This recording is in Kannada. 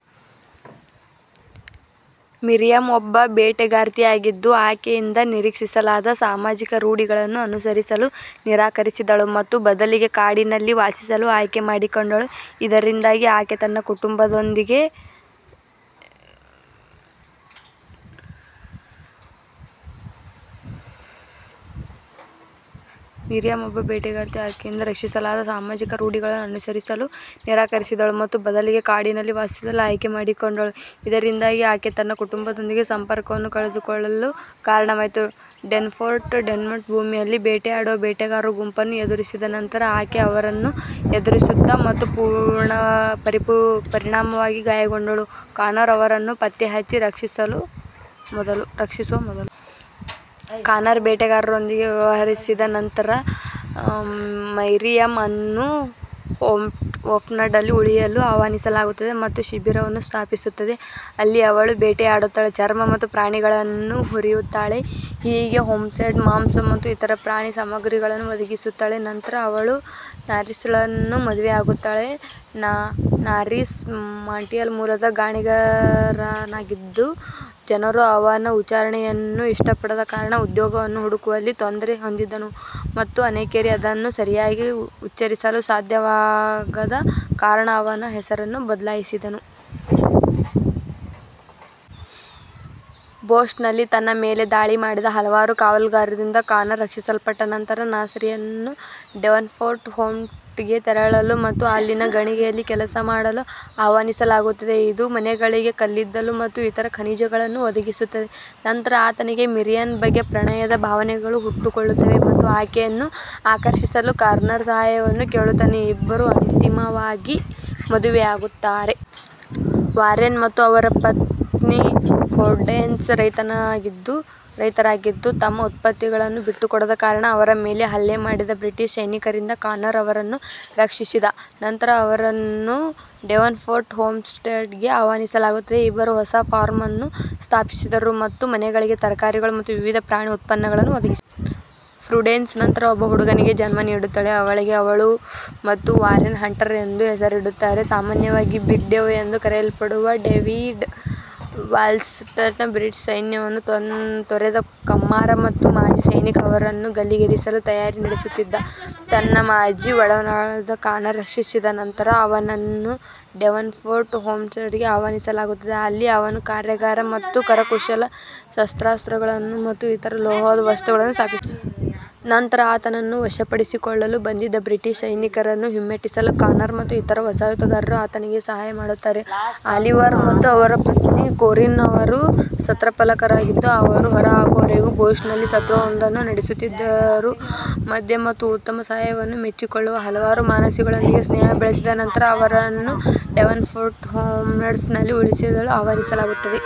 ಮಿರಿಯಮ್ ಒಬ್ಬ ಬೇಟೆಗಾರ್ತಿಯಾಗಿದ್ದು, ಆಕೆಯಿಂದ ನಿರೀಕ್ಷಿಸಲಾದ ಸಾಮಾಜಿಕ ರೂಢಿಗಳನ್ನು ಅನುಸರಿಸಲು ನಿರಾಕರಿಸಿದಳು ಮತ್ತು ಬದಲಿಗೆ ಕಾಡಿನಲ್ಲಿ ವಾಸಿಸಲು ಆಯ್ಕೆ ಮಾಡಿಕೊಂಡಳು, ಇದರಿಂದಾಗಿ ಆಕೆ ತನ್ನ ಕುಟುಂಬದೊಂದಿಗೆ ಸಂಪರ್ಕವನ್ನು ಕಳೆದುಕೊಳ್ಳಲು ಕಾರಣವಾಯಿತು. ಡೇವನ್ಪೋರ್ಟ್ ಹೋಮ್ಸ್ಟೆಡ್ನ ಭೂಮಿಯಲ್ಲಿ ಬೇಟೆಯಾಡುವ ಬೇಟೆಗಾರರ ಗುಂಪನ್ನು ಎದುರಿಸಿದ ನಂತರ, ಆಕೆ ಅವರನ್ನು ಎದುರಿಸುತ್ತಾಳೆ ಮತ್ತು ಪರಿಣಾಮವಾಗಿ ಗಾಯಗೊಂಡಳು, ಕಾನರ್ ಅವರನ್ನು ಪತ್ತೆಹಚ್ಚಿ ರಕ್ಷಿಸುವ ಮೊದಲು. ಕಾನರ್ ಬೇಟೆಗಾರರೊಂದಿಗೆ ವ್ಯವಹರಿಸಿದ ನಂತರ, ಮೈರಿಯಮ್ ಅನ್ನು ಹೋಮ್ಸ್ಟೆಡ್ನಲ್ಲಿ ಉಳಿಯಲು ಆಹ್ವಾನಿಸಲಾಗುತ್ತದೆ ಮತ್ತು ಶಿಬಿರವನ್ನು ಸ್ಥಾಪಿಸುತ್ತದೆ, ಅಲ್ಲಿ ಅವಳು ಬೇಟೆಯಾಡುತ್ತಾಳೆ, ಚರ್ಮ ಮತ್ತು ಪ್ರಾಣಿಗಳನ್ನು ಹುರಿಯುತ್ತಾಳೆ, ಹೀಗೆ ಹೋಮ್ಸ್ಟೆಡ್ಗೆ ಮಾಂಸ ಮತ್ತು ಇತರ ಪ್ರಾಣಿ ಸಾಮಗ್ರಿಗಳನ್ನು ಒದಗಿಸುತ್ತಾಳೆ. ನಂತರ ಅವಳು ನಾರ್ರಿಸ್ಳನ್ನು ಮದುವೆಯಾಗುತ್ತಾಳೆ. ನಾರ್ರಿಸ್ ಮಾಂಟ್ರಿಯಲ್ ಮೂಲದ ಗಣಿಗಾರನಾಗಿದ್ದು, ಜನರು ಅವನ ಉಚ್ಚಾರಣೆಯನ್ನು ಇಷ್ಟಪಡದ ಕಾರಣ ಉದ್ಯೋಗವನ್ನು ಹುಡುಕುವಲ್ಲಿ ತೊಂದರೆ ಹೊಂದಿದ್ದನು ಮತ್ತು ಅನೇಕರಿಗೆ ಅದನ್ನು ಸರಿಯಾಗಿ ಉಚ್ಚರಿಸಲು ಸಾಧ್ಯವಾಗದ ಕಾರಣ ಅವನ ಹೆಸರನ್ನು ಬದಲಾಯಿಸಿದನು. ಬೋಸ್ಟನ್ನಲ್ಲಿ ತನ್ನ ಮೇಲೆ ದಾಳಿ ಮಾಡಿದ ಹಲವಾರು ಕಾವಲುಗಾರರಿಂದ ಕಾನರ್ ರಕ್ಷಿಸಲ್ಪಟ್ಟ ನಂತರ, ನಾರ್ರಿಸ್ನನ್ನು ಡೇವನ್ಪೋರ್ಟ್ ಹೋಮ್ಸ್ಟೆಡ್ಗೆ ತೆರಳಲು ಮತ್ತು ಅಲ್ಲಿನ ಗಣಿಯಲ್ಲಿ ಕೆಲಸ ಮಾಡಲು ಆಹ್ವಾನಿಸಲಾಗುತ್ತದೆ, ಇದು ಮನೆಗಳಿಗೆ ಕಲ್ಲಿದ್ದಲು ಮತ್ತು ಇತರ ಖನಿಜಗಳನ್ನು ಒದಗಿಸುತ್ತದೆ. ನಂತರ ಆತನಿಗೆ ಮಿರಿಯಮ್ನ ಬಗ್ಗೆ ಪ್ರಣಯದ ಭಾವನೆಗಳು ಹುಟ್ಟಿಕೊಳ್ಳುತ್ತವೆ ಮತ್ತು ಆಕೆಯನ್ನು ಆಕರ್ಷಿಸಲು ಕಾನರ್ನ ಸಹಾಯವನ್ನು ಕೇಳುತ್ತಾನೆ; ಇಬ್ಬರೂ ಅಂತಿಮವಾಗಿ ಮದುವೆಯಾಗುತ್ತಾರೆ. ವಾರೆನ್ ಮತ್ತು ಅವರ ಪತ್ನಿ ಪ್ರುಡೆನ್ಸ್ ರೈತರಾಗಿದ್ದು, ತಮ್ಮ ಉತ್ಪನ್ನಗಳನ್ನು ಬಿಟ್ಟುಕೊಡದ ಕಾರಣ ಅವರ ಮೇಲೆ ಹಲ್ಲೆ ಮಾಡಿದ ಬ್ರಿಟಿಷ್ ಸೈನಿಕರಿಂದ ಕಾನರ್ ಅವರನ್ನು ರಕ್ಷಿಸಿದ ನಂತರ ಅವರನ್ನು ಡೇವನ್ಪೋರ್ಟ್ ಹೋಮ್ಸ್ಟೆಡ್ಗೆ ಆಹ್ವಾನಿಸಲಾಗುತ್ತದೆ. ಇಬ್ಬರೂ ಹೊಸ ಫಾರ್ಮ್ ಅನ್ನು ಸ್ಥಾಪಿಸಿದರು ಮತ್ತು ಮನೆಗಳಿಗೆ ತರಕಾರಿಗಳು ಮತ್ತು ವಿವಿಧ ಪ್ರಾಣಿ ಉತ್ಪನ್ನಗಳನ್ನು ಒದಗಿಸಿದರು. ಪ್ರುಡೆನ್ಸ್ ನಂತರ ಒಬ್ಬ ಹುಡುಗನಿಗೆ ಜನ್ಮ ನೀಡುತ್ತಾಳೆ, ಅವಳಿಗೆ ಅವಳು ಮತ್ತು ವಾರೆನ್ ಹಂಟರ್ ಎಂದು ಹೆಸರಿಡುತ್ತಾರೆ. ಸಾಮಾನ್ಯವಾಗಿ "ಬಿಗ್ ಡೇವ್" ಎಂದು ಕರೆಯಲ್ಪಡುವ ಡೇವಿಡ್ ವಾಲ್ಸ್ಟನ್, ಬ್ರಿಟಿಷ್ ಸೈನ್ಯವನ್ನು ತೊರೆದ ಕಮ್ಮಾರ ಮತ್ತು ಮಾಜಿ ಸೈನಿಕ. ಅವನನ್ನು ಗಲ್ಲಿಗೇರಿಸಲು ತಯಾರಿ ನಡೆಸುತ್ತಿದ್ದ ತನ್ನ ಮಾಜಿ ಒಡನಾಡಿಗಳಿಂದ ಕಾನರ್ ರಕ್ಷಿಸಿದ ನಂತರ, ಅವನನ್ನು ಡೇವನ್ಪೋರ್ಟ್ ಹೋಮ್ಸ್ಟೆಡ್ಗೆ ಆಹ್ವಾನಿಸಲಾಗುತ್ತದೆ, ಅಲ್ಲಿ ಅವನು ಕಾರ್ಯಾಗಾರ ಮತ್ತು ಕರಕುಶಲ ಶಸ್ತ್ರಾಸ್ತ್ರಗಳು ಮತ್ತು ಇತರ ಲೋಹದ ವಸ್ತುಗಳನ್ನು ಸ್ಥಾಪಿಸುತ್ತಾನೆ. ನಂತರ ಆತನನ್ನು ವಶಪಡಿಸಿಕೊಳ್ಳಲು ಬಂದಿದ್ದ ಬ್ರಿಟಿಷ್ ಸೈನಿಕರನ್ನು ಹಿಮ್ಮೆಟ್ಟಿಸಲು ಕಾನರ್ ಮತ್ತು ಇತರ ವಸಾಹತುಗಾರರು ಆತನಿಗೆ ಸಹಾಯ ಮಾಡುತ್ತಾರೆ. ಆಲಿವರ್ ಮತ್ತು ಅವರ ಪತ್ನಿ ಕೊರಿನ್ ಅವರು ಸತ್ರಪಾಲಕರಾಗಿದ್ದು, ಅವರು ಹೊರಹಾಕುವವರೆಗೂ ಬೋಸ್ಟನ್ನಲ್ಲಿ ಸತ್ರವೊಂದನ್ನು ನಡೆಸುತ್ತಿದ್ದರು. ಮದ್ಯ ಮತ್ತು ಉತ್ತಮ ಸಹವಾಸವನ್ನು ಮೆಚ್ಚಿಕೊಳ್ಳುವ ಹಲವಾರು ಮನೆವಾಸಿಗಳೊಂದಿಗೆ ಸ್ನೇಹ ಬೆಳೆಸಿದ ನಂತರ ಅವರನ್ನು ಡೇವನ್ಪೋರ್ಟ್ ಹೋಮ್ಸ್ಟೆಡ್ನಲ್ಲಿ ಉಳಿಯಲು ಆಹ್ವಾನಿಸಲಾಗುತ್ತದೆ.